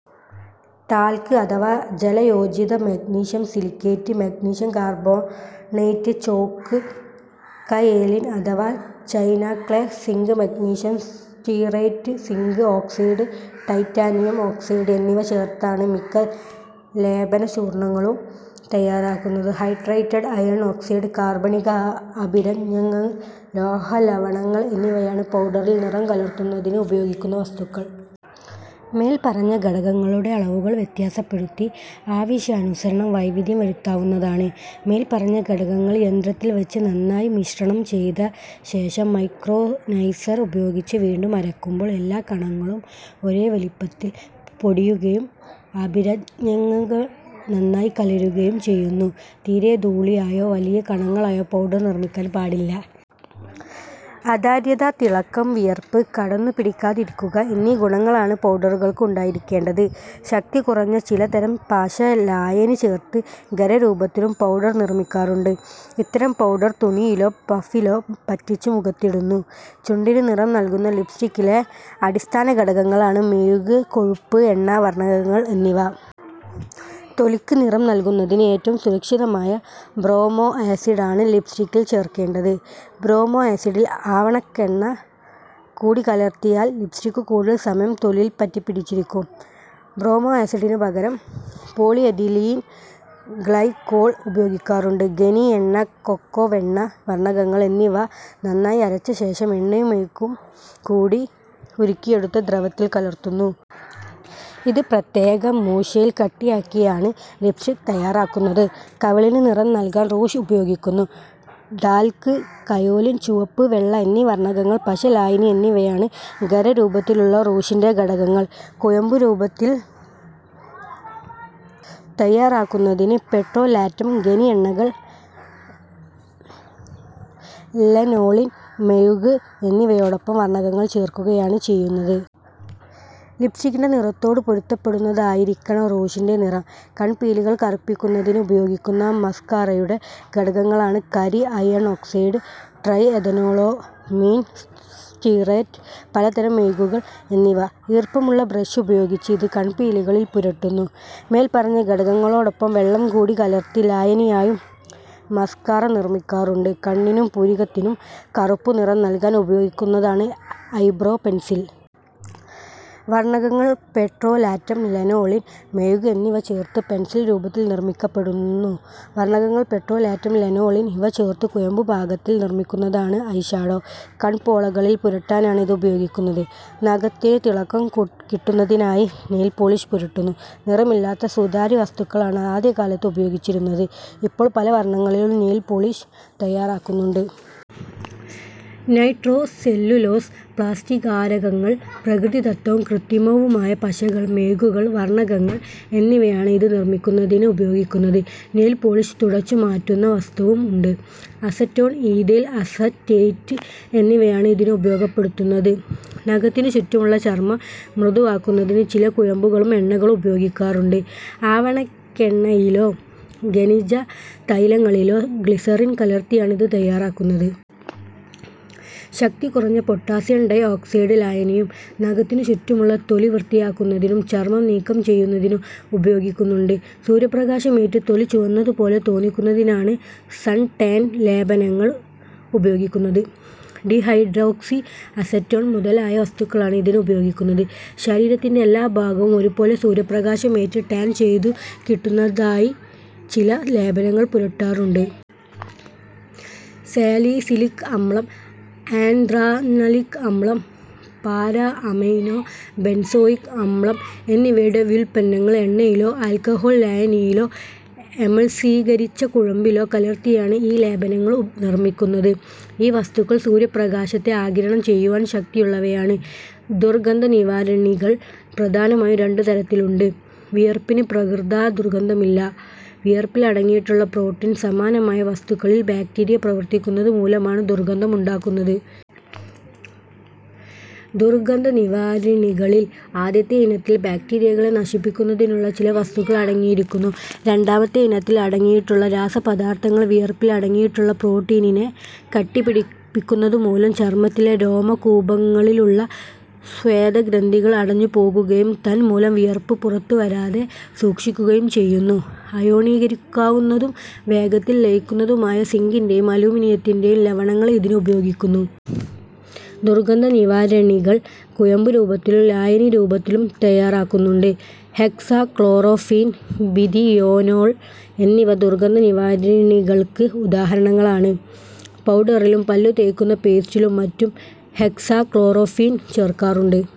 Talc അഥവാ ജലയോജിത magnesium silicate, magnesium carbonate, chalk, kaolin അഥവാ china clay, zinc magnesium stearate, zinc oxide, titanium oxide എന്നിവ ചേർത്താണ് മിക്ക ലേപനചൂർണങ്ങളും തയ്യാറാക്കുന്നത്. ഹൈഡ്രേറ്റഡ് അയൺ ഓക്സൈഡ്, കാർബണിക അഭിരഞ്ജങ്ങൾ, ലോഹലവണങ്ങൾ എന്നിവയാണ് പൗഡറിൽ നിറം കലർത്തുന്നതിന് ഉപയോഗിക്കുന്ന വസ്തുക്കൾ. മേൽപ്പറഞ്ഞ ഘടകങ്ങളുടെ അളവുകൾ വ്യത്യാസപ്പെടുത്തി ആവശ്യാനുസരണം വൈവിധ്യം വരുത്താവുന്നതാണ്. മേൽപ്പറഞ്ഞ ഘടകങ്ങൾ യന്ത്രത്തിൽ വച്ച് നന്നായി മിശ്രണം ചെയ്ത ശേഷം മൈക്രോനൈസർ ഉപയോഗിച്ച് വീണ്ടും അരയ്ക്കുമ്പോൾ എല്ലാ കണങ്ങളും ഒരേ വലിപ്പത്തിൽ പൊടിയുകയും അഭിരഞ്ജകങ്ങൾ നന്നായി കലരുകയും ചെയ്യുന്നു. തീരെ ധൂളിയായോ, വലിയ കണങ്ങളായോ പൗഡർ നിർമ്മിക്കാൻ പാടില്ല. അതാര്യത, തിളക്കം, വിയർപ്പ് കടന്നുപിടിക്കാതിരിക്കുക എന്നീ ഗുണങ്ങളാണ് പൗഡറുകൾക്ക് ഉണ്ടായിരിക്കേണ്ടത്. ശക്തി കുറഞ്ഞ ചിലതരം പശലായിനി ചേർത്ത് ഖരരൂപത്തിലും പൗഡർ നിർമ്മിക്കാറുണ്ട്. ഇത്തരം പൗഡർ തുണിയിലോ പഫിലോ പറ്റിച്ച് മുഖത്തിടുന്നു. ചുണ്ടിന് നിറം നൽകുന്ന ലിപ്സ്റ്റിക്കിലെ അടിസ്ഥാന ഘടകങ്ങളാണ് മെഴുക്, കൊഴുപ്പ്, എണ്ണ, വർണകങ്ങൾ എന്നിവ. തൊലിക്ക് നിറം നൽകുന്നതിന് ഏറ്റവും സുരക്ഷിതമായ ബ്രോമോ ആസിഡാണ് ലിപ്സ്റ്റിക്കിൽ ചേർക്കേണ്ടത്. ബ്രോമോ ആസിഡിൽ ആവണക്കെണ്ണ കൂടി കലർത്തിയാൽ ലിപ്സ്റ്റിക് കൂടുതൽ സമയം തൊലിയിൽ പറ്റിപ്പിടിച്ചിരിക്കും. ബ്രോമോ ആസിഡിന് പകരം പോളി എഥിലീൻ ഗ്ലൈക്കോൾ ഉപയോഗിക്കാറുണ്ട്. ഖനി എണ്ണ, കൊക്കോവെണ്ണ, വർണകങ്ങൾ എന്നിവ നന്നായി അരച്ച ശേഷം എണ്ണയും മെഴുകും കൂടി ഉരുക്കിയെടുത്ത ദ്രവത്തിൽ കലർത്തുന്നു. ഇത് പ്രത്യേക മൂശയിൽ കട്ടിയാക്കിയാണ് ലിപ്സ്റ്റിക് തയ്യാറാക്കുന്നത്. കവിളിന് നിറം നൽകാൻ റൂഷ് ഉപയോഗിക്കുന്നു. ടാൽക്, കയോലിൻ, ചുവപ്പ്, വെള്ള എന്നീ വർണകങ്ങൾ, പശലായിനി എന്നിവയാണ് ഖരരൂപത്തിലുള്ള റൂഷിൻ്റെ ഘടകങ്ങൾ. കുഴമ്പുരൂപത്തിൽ തയ്യാറാക്കുന്നതിന് പെട്രോലാറ്റം, ഖനി എണ്ണകൾ, ലനോളിൻ, മെഴുക് എന്നിവയോടൊപ്പം വർണകങ്ങൾ ചേർക്കുകയാണ് ചെയ്യുന്നത്. ലിപ്സ്റ്റിക്കിൻ്റെ നിറത്തോടു പൊരുത്തപ്പെടുന്നതായിരിക്കണം റൂഷിൻ്റെ നിറം. കൺപീലികൾ കറുപ്പിക്കുന്നതിന് ഉപയോഗിക്കുന്ന മസ്കാറയുടെ ഘടകങ്ങളാണ് കരി, അയൺ ഓക്സൈഡ്, ട്രൈഎഥനോളമീൻ സ്റ്റീറേറ്റ്, പലതരം മെഴുകുകൾ എന്നിവ. ഈർപ്പമുള്ള ബ്രഷ് ഉപയോഗിച്ച് ഇത് കൺപീലികളിൽ പുരട്ടുന്നു. മേൽപ്പറഞ്ഞ ഘടകങ്ങളോടൊപ്പം വെള്ളം കൂടി കലർത്തി ലായനിയായും മസ്കാറ നിർമ്മിക്കാറുണ്ട്. കണ്ണിനും പുരികത്തിനും കറുപ്പുനിറം നൽകാൻ ഉപയോഗിക്കുന്നതാണ് ഐബ്രോ പെൻസിൽ. വർണകങ്ങൾ, പെട്രോലാറ്റം, ലനോളിൻ, മെഴുക് എന്നിവ ചേർത്ത് പെൻസിൽ രൂപത്തിൽ നിർമ്മിക്കപ്പെടുന്നു. വർണകങ്ങൾ, പെട്രോലാറ്റം, ലനോളിൻ ഇവ ചേർത്തു കുഴമ്പുപാകത്തിൽ നിർമ്മിക്കുന്നതാണ് ഐഷാഡോ. കൺപോളകളിൽ പുരട്ടാനാണ് ഇത് ഉപയോഗിക്കുന്നത്. നഖത്തിന് തിളക്കംകു കിട്ടുന്നതിനായി നെയിൽപോളിഷ് പുരട്ടുന്നു. നിറമില്ലാത്ത സുതാര്യ വസ്തുക്കളാണ് ആദ്യകാലത്ത് ഉപയോഗിച്ചിരുന്നത്. ഇപ്പോൾ പല വർണങ്ങളിലും നെയിൽപോളിഷ് തയ്യാറാക്കുന്നുണ്ട്. നൈട്രോസെല്ലുലോസ്, പ്ലാസ്റ്റീകാരകങ്ങൾ, പ്രകൃതിദത്തവും കൃത്രിമവുമായ പശകൾ, മെഴുകുകൾ, വർണകങ്ങൾ എന്നിവയാണ് ഇത് നിർമ്മിക്കുന്നതിന് ഉപയോഗിക്കുന്നത്. നെയിൽപോളിഷ് തുടച്ചുമാറ്റുന്ന വസ്തുവും ഉണ്ട്. അസറ്റോൺ, ഈഥൈൽ അസറ്റേറ്റ് എന്നിവയാണ് ഇതിന് ഉപയോഗപ്പെടുത്തുന്നത്. നഖത്തിന് ചുറ്റുമുള്ള ചർമം മൃദുവാക്കുന്നതിന് ചില കുഴമ്പുകളും എണ്ണകളും ഉപയോഗിക്കാറുണ്ട്. ആവണക്കെണ്ണയിലോ ഖനിജതൈലങ്ങളിലോ ഗ്ലിസറിൻ കലർത്തിയാണ് ഇത് തയ്യാറാക്കുന്നത്. ശക്തി കുറഞ്ഞ പൊട്ടാസ്യം ഡൈഓക്സൈഡ് ലായനിയും നഖത്തിന് ചുറ്റുമുള്ള തൊലി വൃത്തിയാക്കുന്നതിനും ചർമം നീക്കം ചെയ്യുന്നതിനും ഉപയോഗിക്കുന്നുണ്ട്. സൂര്യപ്രകാശമേറ്റ് തൊലി ചുവന്നതുപോലെ തോന്നിക്കുന്നതിനാണ് സൺടാൻ ലേപനങ്ങൾ ഉപയോഗിക്കുന്നത്. ഡിഹൈഡ്രോക്സി അസറ്റോൺ മുതലായ വസ്തുക്കളാണ് ഇതിന് ഉപയോഗിക്കുന്നത്. ശരീരത്തിൻ്റെ എല്ലാ ഭാഗവും ഒരുപോലെ സൂര്യപ്രകാശമേറ്റ് ടാൻ ചെയ്തു കിട്ടുന്നതായി ചില ലേപനങ്ങൾ പുരട്ടാറുണ്ട്. സാലിസിലിക് അമ്ലം, ആൻഥ്രാനലിക് അമ്ലം, പാരാ അമൈനോ ബെൻസോയിക് അമ്ലം എന്നിവയുടെ വ്യുൽപ്പന്നങ്ങൾ എണ്ണയിലോ ആൽക്കഹോൾ ലായനിയിലോ എമൾസീകരിച്ച കുഴമ്പിലോ കലർത്തിയാണ് ഈ ലേപനങ്ങൾ നിർമ്മിക്കുന്നത്. ഈ വസ്തുക്കൾ സൂര്യപ്രകാശത്തെ ആഗിരണം ചെയ്യുവാൻ ശക്തിയുള്ളവയാണ്. ദുർഗന്ധനിവാരിണികൾ പ്രധാനമായും രണ്ടു തരത്തിലുണ്ട്. വിയർപ്പിന് പ്രകൃത്യാ ദുർഗന്ധമില്ല. വിയർപ്പിൽ അടങ്ങിയിട്ടുള്ള പ്രോട്ടീൻ സമാനമായ വസ്തുക്കളിൽ ബാക്ടീരിയ പ്രവർത്തിക്കുന്നത് മൂലമാണ് ദുർഗന്ധം ഉണ്ടാകുന്നത്. ദുർഗന്ധനിവാരിണികളിൽ ആദ്യത്തെ ഇനത്തിൽ ബാക്ടീരിയകളെ നശിപ്പിക്കുന്നതിനുള്ള ചില വസ്തുക്കൾ അടങ്ങിയിരിക്കുന്നു. രണ്ടാമത്തെ ഇനത്തിൽ അടങ്ങിയിട്ടുള്ള രാസപദാർത്ഥങ്ങൾ വിയർപ്പിൽ അടങ്ങിയിട്ടുള്ള പ്രോട്ടീനിനെ കട്ടിപിടിപ്പിക്കുന്നത് മൂലം ചർമത്തിലെ രോമകൂപങ്ങളിലുള്ള സ്വേദഗ്രന്ഥികൾ അടഞ്ഞുപോകുകയും തൻമൂലം വിയർപ്പ് പുറത്തുവരാതെ സൂക്ഷിക്കുകയും ചെയ്യുന്നു. അയോണീകരിക്കാവുന്നതും വേഗത്തിൽ ലയിക്കുന്നതുമായ സിങ്കിൻ്റെയും അലുമിനിയത്തിൻ്റെയും ലവണങ്ങൾ ഇതിന് ഉപയോഗിക്കുന്നു. ദുർഗന്ധനിവാരിണികൾ കുഴമ്പുരൂപത്തിലും ലായനി രൂപത്തിലും തയ്യാറാക്കുന്നുണ്ട്. ഹെക്സാക്ലോറോഫീൻ, ബിഥിയോനോൾ എന്നിവ ദുർഗന്ധനിവാരിണികൾക്ക് ഉദാഹരണങ്ങളാണ്. പൗഡറിലും പല്ലുതേയ്ക്കുന്ന പേസ്റ്റിലും മറ്റും ഹെക്സാക്ലോറോഫീൻ ചേർക്കാറുണ്ട്.